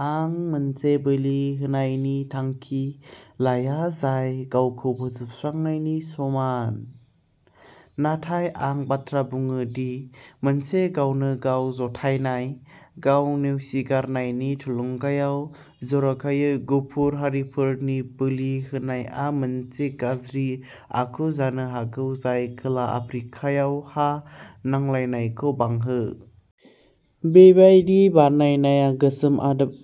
आं मोनसे बोलि होनायनि थांखि लाया जाय गावखौ फोजोबस्रांनायनि समान, नाथाय आं बाथ्रा बुङो दि मोनसे गावनो-गाव जथायनाय। गाव-नेवसिगारनायनि थुलुंगायाव जर'खायै गुफुर हारिफोरनि बोलि होनाया मोनसे गाज्रि आखु जानो हागौ जाय खोला आफ्रिकायाव हा नांलायनायखौ बांहो। बेबादि बावनाया गोसोम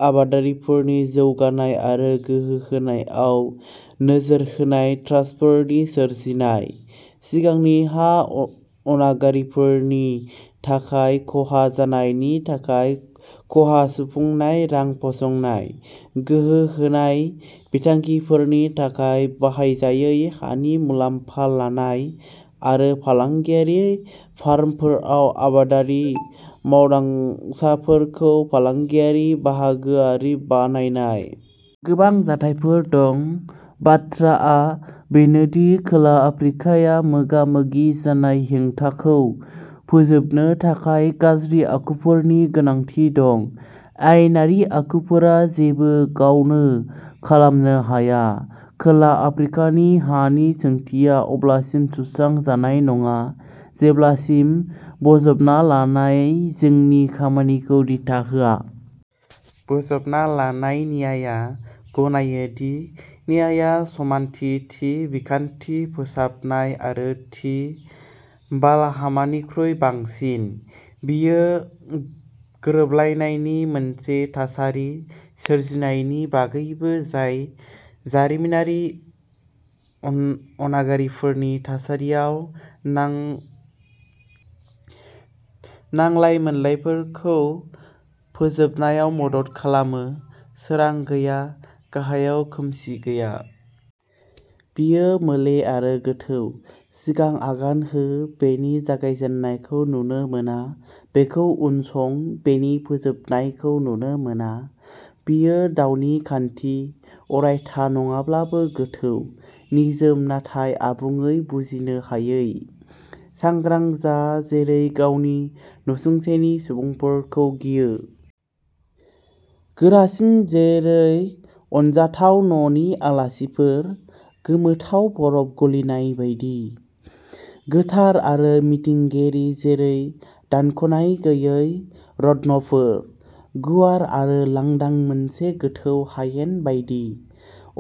आबादारिफोरनि जौगानाय आरो गोहो होनायाव नोजोर होनाय ट्रास्टफोरनि सोरजिनाय; सिगांनि हा अनागारिफोरनि थाखाय खहा जानायनि थाखाय खहा सुफुंनाय रां फसंनाय; गोहो होनाय बिथांखिफोरनि थाखाय बाहायजायै हानि मुलाम्फा लानाय; आरो फालांगियारि फार्मफोराव आबादारि मावदांसाफोरखौ फालांगियारि बाहागोआरि बानायनाय। गोबां जाथावनाफोर दं। बाथ्राआ बेनो दि खोला आफ्रिकाया मोगा-मोगि जानाय हेंथाखौ फोजोबनो थाखाय गाज्रि आखुफोरनि गोनांथि दं। आयेनारि आगजुफोरा बेखौ गावनो खालामनो हाया। खोला आफ्रिकानि हानि सोंथिया अब्लासिम सुस्रां जानाय नङा जेब्लासिम बोजबना लानाय जोंनि खामानिफोरखौ दिथा होआ। बोजबना लानाय न्यायआ गनायो दि न्यायआ समानथि, थि बिखान्थि, फोसाबनाय आरो थि बालाहामानिख्रुइ बांसिन; बेयो गोरोबलायनायनि मोनसे थासारि सोरजिनायनि बागैबो जाय जारिमिनारि अनागारिफोरनि थासारियाव नांलाय-मोनलायफोरखौ फोजोबनायाव मदद खालामो। सोरां गैया; गाहायाव, खोमसि गैया। बेयो मोले आरो गोथौ। सिगां आगान हो, बेनि जागायजेन्नायखौ नुनो मोना; बेखौ उनसं, बेनि जोबनायखौ नुनो मोना। बेयो दावनि खान्थि। अरायथा नङाब्लाबो गोथौ, निजोम नाथाय आबुङै बुजिनो हायै। सांग्रां जा, जेरै गावनि नसुंसेनि सुबुंफोरखौ गियो। गोरासिन, जेरै अनजाथाव न'नि आलासिफोर। गोमोथाव, बरफ गलिनाय बायदि। गोथार आरो मिथिंगायारि, जेरै दानख'नाय गैयै रत्नफोर। गुवार आरो लांदां, मोनसे गोथौ हायेन बायदि।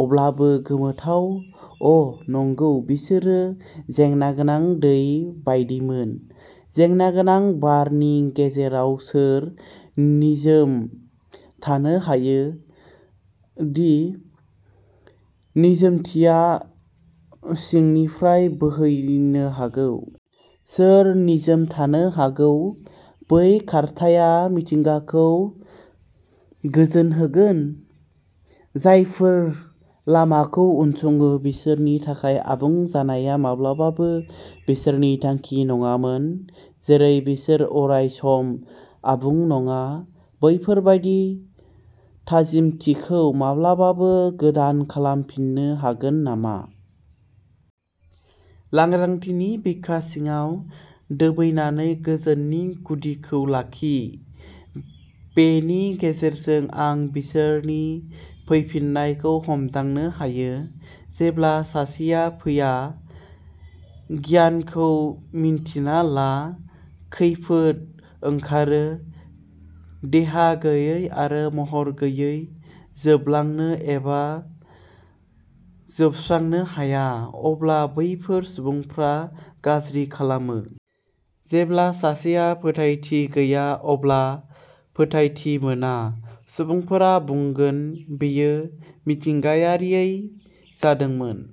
अब्लाबो गोमोथाव, अ'नंगौ, बिसोरो जेंनागोनां दै बायदिमोन। जेंनागोनां बारनि गेजेराव सोर निजोम थानो हायो, दि निजोमथिया सिंनिफ्राय बोहैनो हागौ? सोर निजोम थानो हागौ, बै खारथाया मिथिंगाखौ जोनोम होगोन? जायफोरा लामाखौ उनसङो, बिसोरनि थाखाय आबुं जानाया माब्लाबाबो बिसोरनि थांखि नङामोन। जेरै बिसोर अरायसम आबुं नङा, बेफोर बायदि थाजिमथिखौ माब्लाबाबो गोदान खालामफिननो हागोन नामा। लांदांथिनि बिखा सिङाव दोबैनानै, गोजोननि गुदिखौ लाखि। बेनि गेजेरजों आं बिसोरनि फैफिन्नायखौ हमदांनो हायो। जेब्ला सासेया फैया। गियानखौ मिन्थिना ला, खैफोद ओंखारो! देहा गैयै आरो महर गैयै, जोबलांनो एबा फोजोबस्रांनो हाया। अब्ला बैसोर सुबुंफ्रा गाज्रि खालामो। जेब्ला सासेहा फोथायथि गैया, अब्ला फोथायथि मोना। सुबुंफोरा बुंगोन बेयो मिथिंगायारियै जादोंमोन।